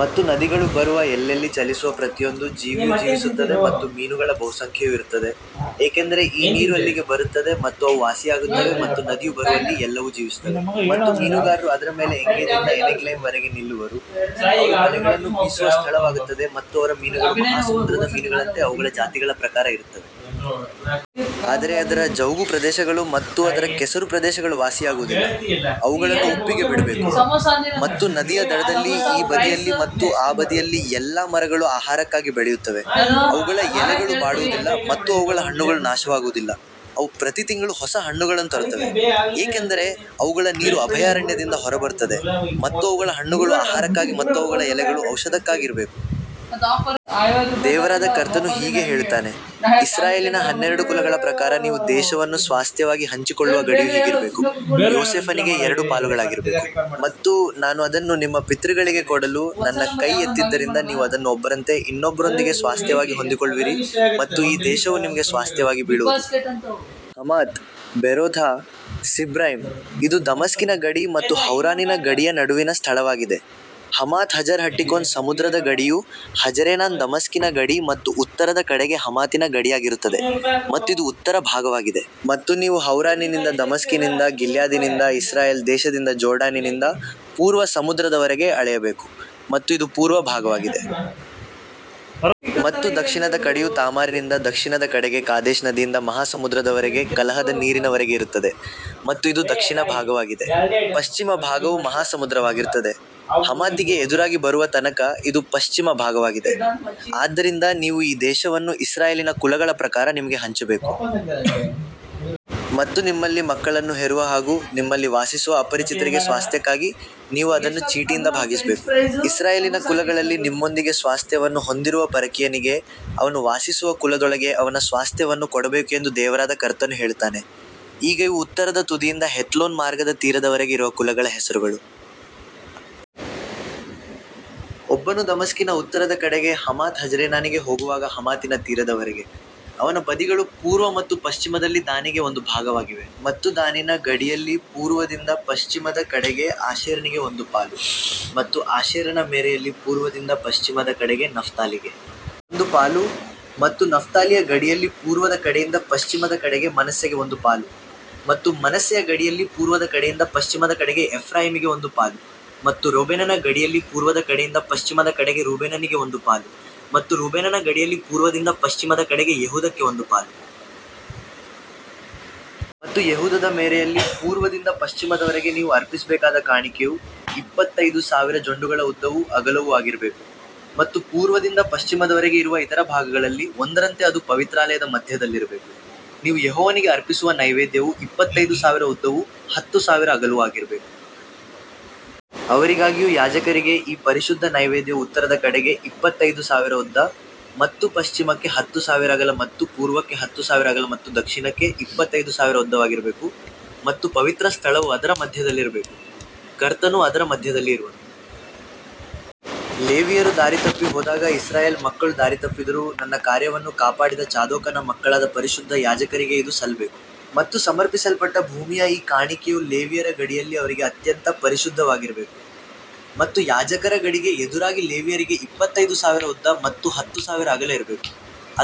ಮತ್ತು ನದಿಗಳು ಬರುವ ಎಲ್ಲೆಲ್ಲಿ ಚಲಿಸುವ ಪ್ರತಿಯೊಂದು ಜೀವಿಯೂ ಜೀವಿಸುತ್ತದೆ ಮತ್ತು ಮೀನುಗಳ ಬಹುಸಂಖ್ಯೆಯು ಇರುತ್ತದೆ, ಏಕೆಂದರೆ ಈ ನೀರು ಅಲ್ಲಿಗೆ ಬರುತ್ತದೆ ಮತ್ತು ಅವು ವಾಸಿಯಾಗುತ್ತವೆ ಮತ್ತು ನದಿಯು ಬರುವಲ್ಲಿ ಎಲ್ಲವೂ ಜೀವಿಸುತ್ತವೆ. ಮತ್ತು ಮೀನುಗಾರರು ಅದರ ಮೇಲೆ ಎಂಗೇದಿಯಿಂದ ಎನೆಗ್ಲಯಿಮ್ ವರೆಗೆ ನಿಲ್ಲುವರು, ಅವರು ಬಲೆಗಳನ್ನು ಬೀಸುವ ಸ್ಥಳವಾಗುತ್ತದೆ ಮತ್ತು ಅವರ ಮೀನುಗಳು ಮಹಾಸಮುದ್ರದ ಮೀನುಗಳಂತೆ ಅವುಗಳ ಜಾತಿಗಳ ಪ್ರಕಾರ ಇರುತ್ತವೆ. ಆದರೆ ಅದರ ಜವುಗು ಪ್ರದೇಶಗಳು ಮತ್ತು ಅದರ ಕೆಸರು ಪ್ರದೇಶಗಳು ವಾಸಿಯಾಗುವುದಿಲ್ಲ, ಅವುಗಳನ್ನು ಉಪ್ಪಿಗೆ ಬಿಡಬೇಕು. ಮತ್ತು ನದಿಯ ದಡದಲ್ಲಿ ಈ ಬದಿಯಲ್ಲಿ ಮತ್ತು ಆ ಬದಿಯಲ್ಲಿ ಎಲ್ಲಾ ಮರಗಳು ಆಹಾರಕ್ಕಾಗಿ ಬೆಳೆಯುತ್ತವೆ, ಅವುಗಳ ಎಲೆಗಳು ಬಾಡುವುದಿಲ್ಲ ಮತ್ತು ಅವುಗಳ ಹಣ್ಣುಗಳು ನಾಶವಾಗುವುದಿಲ್ಲ, ಅವು ಪ್ರತಿತಿಂಗಳು ಹೊಸ ಹಣ್ಣುಗಳನ್ನು ತರುತ್ತವೆ, ಏಕೆಂದರೆ ಅವುಗಳ ನೀರು ಅಭಯಾರಣ್ಯದಿಂದ ಹೊರಬರುತ್ತದೆ ಮತ್ತು ಅವುಗಳ ಹಣ್ಣುಗಳು ಆಹಾರಕ್ಕಾಗಿ ಮತ್ತು ಅವುಗಳ ಎಲೆಗಳು ಔಷಧಕ್ಕಾಗಿ ಇರಬೇಕು. ದೇವರಾದ ಕರ್ತನು ಹೀಗೆ ಹೇಳುತ್ತಾನೆ, ಇಸ್ರಾಯೇಲಿನ ಹನ್ನೆರಡು ಕುಲಗಳ ಪ್ರಕಾರ ನೀವು ದೇಶವನ್ನು ಸ್ವಾಸ್ತ್ಯವಾಗಿ ಹಂಚಿಕೊಳ್ಳುವ ಗಡಿಯು ಹೀಗಿರಬೇಕು, ಯೋಸೇಫನಿಗೆ ಎರಡು ಪಾಲುಗಳಾಗಿರಬೇಕು. ಮತ್ತು ನಾನು ಅದನ್ನು ನಿಮ್ಮ ಪಿತೃಗಳಿಗೆ ಕೊಡಲು ನನ್ನ ಕೈ ಎತ್ತಿದ್ದರಿಂದ ನೀವು ಅದನ್ನು ಒಬ್ಬರಂತೆ ಇನ್ನೊಬ್ಬರೊಂದಿಗೆ ಸ್ವಾಸ್ತ್ಯವಾಗಿ ಹೊಂದಿಕೊಳ್ಳುವಿರಿ ಮತ್ತು ಈ ದೇಶವು ನಿಮಗೆ ಸ್ವಾಸ್ತ್ಯವಾಗಿ ಬೀಳುವುದು. ಹಮಾತ್, ಬೆರೋಥಾ, ಸಿಬ್ರೈಮ್, ಇದು ದಮಸ್ಕಿನ ಗಡಿ ಮತ್ತು ಹೌರಾನಿನ ಗಡಿಯ ನಡುವಿನ ಸ್ಥಳವಾಗಿದೆ. ಹಮಾತ್ ಹಜರ್ ಹಟ್ಟಿಕೋನ್ ಸಮುದ್ರದ ಗಡಿಯು ಹಜರೇನಾನ್ ದಮಸ್ಕಿನ ಗಡಿ ಮತ್ತು ಉತ್ತರದ ಕಡೆಗೆ ಹಮಾತಿನ ಗಡಿಯಾಗಿರುತ್ತದೆ, ಮತ್ತು ಇದು ಉತ್ತರ ಭಾಗವಾಗಿದೆ. ಮತ್ತು ನೀವು ಹೌರಾನಿನಿಂದ ದಮಸ್ಕಿನಿಂದ ಗಿಲ್ಯಾದಿನಿಂದ ಇಸ್ರಾಯೇಲ್ ದೇಶದಿಂದ ಜೋರ್ಡಾನಿನಿಂದ ಪೂರ್ವ ಸಮುದ್ರದವರೆಗೆ ಅಳೆಯಬೇಕು, ಮತ್ತು ಇದು ಪೂರ್ವ ಭಾಗವಾಗಿದೆ. ಮತ್ತು ದಕ್ಷಿಣದ ಕಡೆಯು ತಾಮಾರಿನಿಂದ ದಕ್ಷಿಣದ ಕಡೆಗೆ ಕಾದೇಶ್ ನದಿಯಿಂದ ಮಹಾಸಮುದ್ರದವರೆಗೆ ಕಲಹದ ನೀರಿನವರೆಗೆ ಇರುತ್ತದೆ, ಮತ್ತು ಇದು ದಕ್ಷಿಣ ಭಾಗವಾಗಿದೆ. ಪಶ್ಚಿಮ ಭಾಗವು ಮಹಾಸಮುದ್ರವಾಗಿರುತ್ತದೆ, ಹಮಾತಿಗೆ ಎದುರಾಗಿ ಬರುವ ತನಕ ಇದು ಪಶ್ಚಿಮ ಭಾಗವಾಗಿದೆ. ಆದ್ದರಿಂದ ನೀವು ಈ ದೇಶವನ್ನು ಇಸ್ರಾಯೇಲಿನ ಕುಲಗಳ ಪ್ರಕಾರ ನಿಮಗೆ ಹಂಚಬೇಕು. ಮತ್ತು ನಿಮ್ಮಲ್ಲಿ ಮಕ್ಕಳನ್ನು ಹೆರುವ ಹಾಗೂ ನಿಮ್ಮಲ್ಲಿ ವಾಸಿಸುವ ಅಪರಿಚಿತರಿಗೆ ಸ್ವಾಸ್ತ್ಯಕ್ಕಾಗಿ ನೀವು ಅದನ್ನು ಚೀಟಿಯಿಂದ ಭಾಗಿಸಬೇಕು. ಇಸ್ರಾಯೇಲಿನ ಕುಲಗಳಲ್ಲಿ ನಿಮ್ಮೊಂದಿಗೆ ಸ್ವಾಸ್ತ್ಯವನ್ನು ಹೊಂದಿರುವ ಪರಕೀಯನಿಗೆ ಅವನು ವಾಸಿಸುವ ಕುಲದೊಳಗೆ ಅವನ ಸ್ವಾಸ್ತ್ಯವನ್ನು ಕೊಡಬೇಕು ಎಂದು ದೇವರಾದ ಕರ್ತನು ಹೇಳುತ್ತಾನೆ. ಈಗ ಇವು ಉತ್ತರದ ತುದಿಯಿಂದ ಹೆತ್ಲೋನ್ ಮಾರ್ಗದ ತೀರದವರೆಗೆ ಇರುವ ಕುಲಗಳ ಹೆಸರುಗಳು. ಒಬ್ಬನು ದಮಸ್ಕಿನ ಉತ್ತರದ ಕಡೆಗೆ ಹಮಾತ್ ಹಜರೇನಾನಿಗೆ ಹೋಗುವಾಗ ಹಮಾತಿನ ತೀರದವರೆಗೆ, ಅವನ ಬದಿಗಳು ಪೂರ್ವ ಮತ್ತು ಪಶ್ಚಿಮದಲ್ಲಿ ದಾನಿಗೆ ಒಂದು ಭಾಗವಾಗಿವೆ. ಮತ್ತು ದಾನಿನ ಗಡಿಯಲ್ಲಿ ಪೂರ್ವದಿಂದ ಪಶ್ಚಿಮದ ಕಡೆಗೆ ಆಶೇರನಿಗೆ ಒಂದು ಪಾಲು, ಮತ್ತು ಆಶೇರನ ಮೇರೆಯಲ್ಲಿ ಪೂರ್ವದಿಂದ ಪಶ್ಚಿಮದ ಕಡೆಗೆ ನಫ್ತಾಲಿಗೆ ಒಂದು ಪಾಲು, ಮತ್ತು ನಫ್ತಾಲಿಯ ಗಡಿಯಲ್ಲಿ ಪೂರ್ವದ ಕಡೆಯಿಂದ ಪಶ್ಚಿಮದ ಕಡೆಗೆ ಮನಸ್ಸೆಗೆ ಒಂದು ಪಾಲು, ಮತ್ತು ಮನಸ್ಸೆಯ ಗಡಿಯಲ್ಲಿ ಪೂರ್ವದ ಕಡೆಯಿಂದ ಪಶ್ಚಿಮದ ಕಡೆಗೆ ಎಫ್ರಾಯೀಮಿಗೆ ಒಂದು ಪಾಲು, ಮತ್ತು ಎಫ್ರಾಯೀಮನ ಗಡಿಯಲ್ಲಿ ಪೂರ್ವದ ಕಡೆಯಿಂದ ಪಶ್ಚಿಮದ ಕಡೆಗೆ ರೂಬೇನನಿಗೆ ಒಂದು ಪಾಲು, ಮತ್ತು ರೂಬೇನನ ಗಡಿಯಲ್ಲಿ ಪೂರ್ವದಿಂದ ಪಶ್ಚಿಮದ ಕಡೆಗೆ ಯೆಹೂದಕ್ಕೆ ಒಂದು ಪಾಲು. ಮತ್ತು ಯೆಹೂದದ ಮೇರೆಯಲ್ಲಿ ಪೂರ್ವದಿಂದ ಪಶ್ಚಿಮದವರೆಗೆ ನೀವು ಅರ್ಪಿಸಬೇಕಾದ ಕಾಣಿಕೆಯು ಇಪ್ಪತ್ತೈದು ಸಾವಿರ ಜೊಂಡುಗಳ ಉದ್ದವೂ ಅಗಲವೂ ಆಗಿರಬೇಕು, ಮತ್ತು ಪೂರ್ವದಿಂದ ಪಶ್ಚಿಮದವರೆಗೆ ಇರುವ ಇತರ ಭಾಗಗಳಲ್ಲಿ ಒಂದರಂತೆ ಅದು ಪವಿತ್ರಾಲಯದ ಮಧ್ಯದಲ್ಲಿರಬೇಕು. ನೀವು ಯೆಹೋವನಿಗೆ ಅರ್ಪಿಸುವ ನೈವೇದ್ಯವು ಇಪ್ಪತ್ತೈದು ಸಾವಿರ ಉದ್ದವೂ ಹತ್ತು ಸಾವಿರ ಅಗಲವೂ ಆಗಿರಬೇಕು. ಅವರಿಗಾಗಿಯೂ ಯಾಜಕರಿಗೆ ಈ ಪರಿಶುದ್ಧ ನೈವೇದ್ಯವು ಉತ್ತರದ ಕಡೆಗೆ ಇಪ್ಪತ್ತೈದು ಸಾವಿರ ಉದ್ದ ಮತ್ತು ಪಶ್ಚಿಮಕ್ಕೆ ಹತ್ತು ಸಾವಿರ ಅಗಲ ಮತ್ತು ಪೂರ್ವಕ್ಕೆ ಹತ್ತು ಸಾವಿರ ಅಗಲ ಮತ್ತು ದಕ್ಷಿಣಕ್ಕೆ ಇಪ್ಪತ್ತೈದು ಸಾವಿರ ಉದ್ದವಾಗಿರಬೇಕು, ಮತ್ತು ಪವಿತ್ರ ಸ್ಥಳವು ಅದರ ಮಧ್ಯದಲ್ಲಿರಬೇಕು. ಕರ್ತನು ಅದರ ಮಧ್ಯದಲ್ಲಿ ಇರುವನು. ಲೇವಿಯರು ದಾರಿತಪ್ಪಿ ಹೋದಾಗ ಇಸ್ರಾಯೇಲ್ ಮಕ್ಕಳು ದಾರಿತಪ್ಪಿದರೂ ನನ್ನ ಕಾರ್ಯವನ್ನು ಕಾಪಾಡಿದ ಚಾದೋಕನ ಮಕ್ಕಳಾದ ಪರಿಶುದ್ಧ ಯಾಜಕರಿಗೆ ಇದು ಸಲ್ಲಬೇಕು. ಮತ್ತು ಸಮರ್ಪಿಸಲ್ಪಟ್ಟ ಭೂಮಿಯ ಈ ಕಾಣಿಕೆಯು ಲೇವಿಯರ ಗಡಿಯಲ್ಲಿ ಅವರಿಗೆ ಅತ್ಯಂತ ಪರಿಶುದ್ಧವಾಗಿರಬೇಕು. ಮತ್ತು ಯಾಜಕರ ಗಡಿಗೆ ಎದುರಾಗಿ ಲೇವಿಯರಿಗೆ ಇಪ್ಪತ್ತೈದು ಸಾವಿರ ಉದ್ದ ಮತ್ತು ಹತ್ತು ಸಾವಿರ ಅಗಲ ಇರಬೇಕು,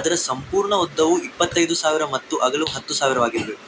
ಅದರ ಸಂಪೂರ್ಣ ಉದ್ದವು ಇಪ್ಪತ್ತೈದು ಸಾವಿರ ಮತ್ತು ಅಗಲವು ಹತ್ತು ಸಾವಿರವಾಗಿರಬೇಕು.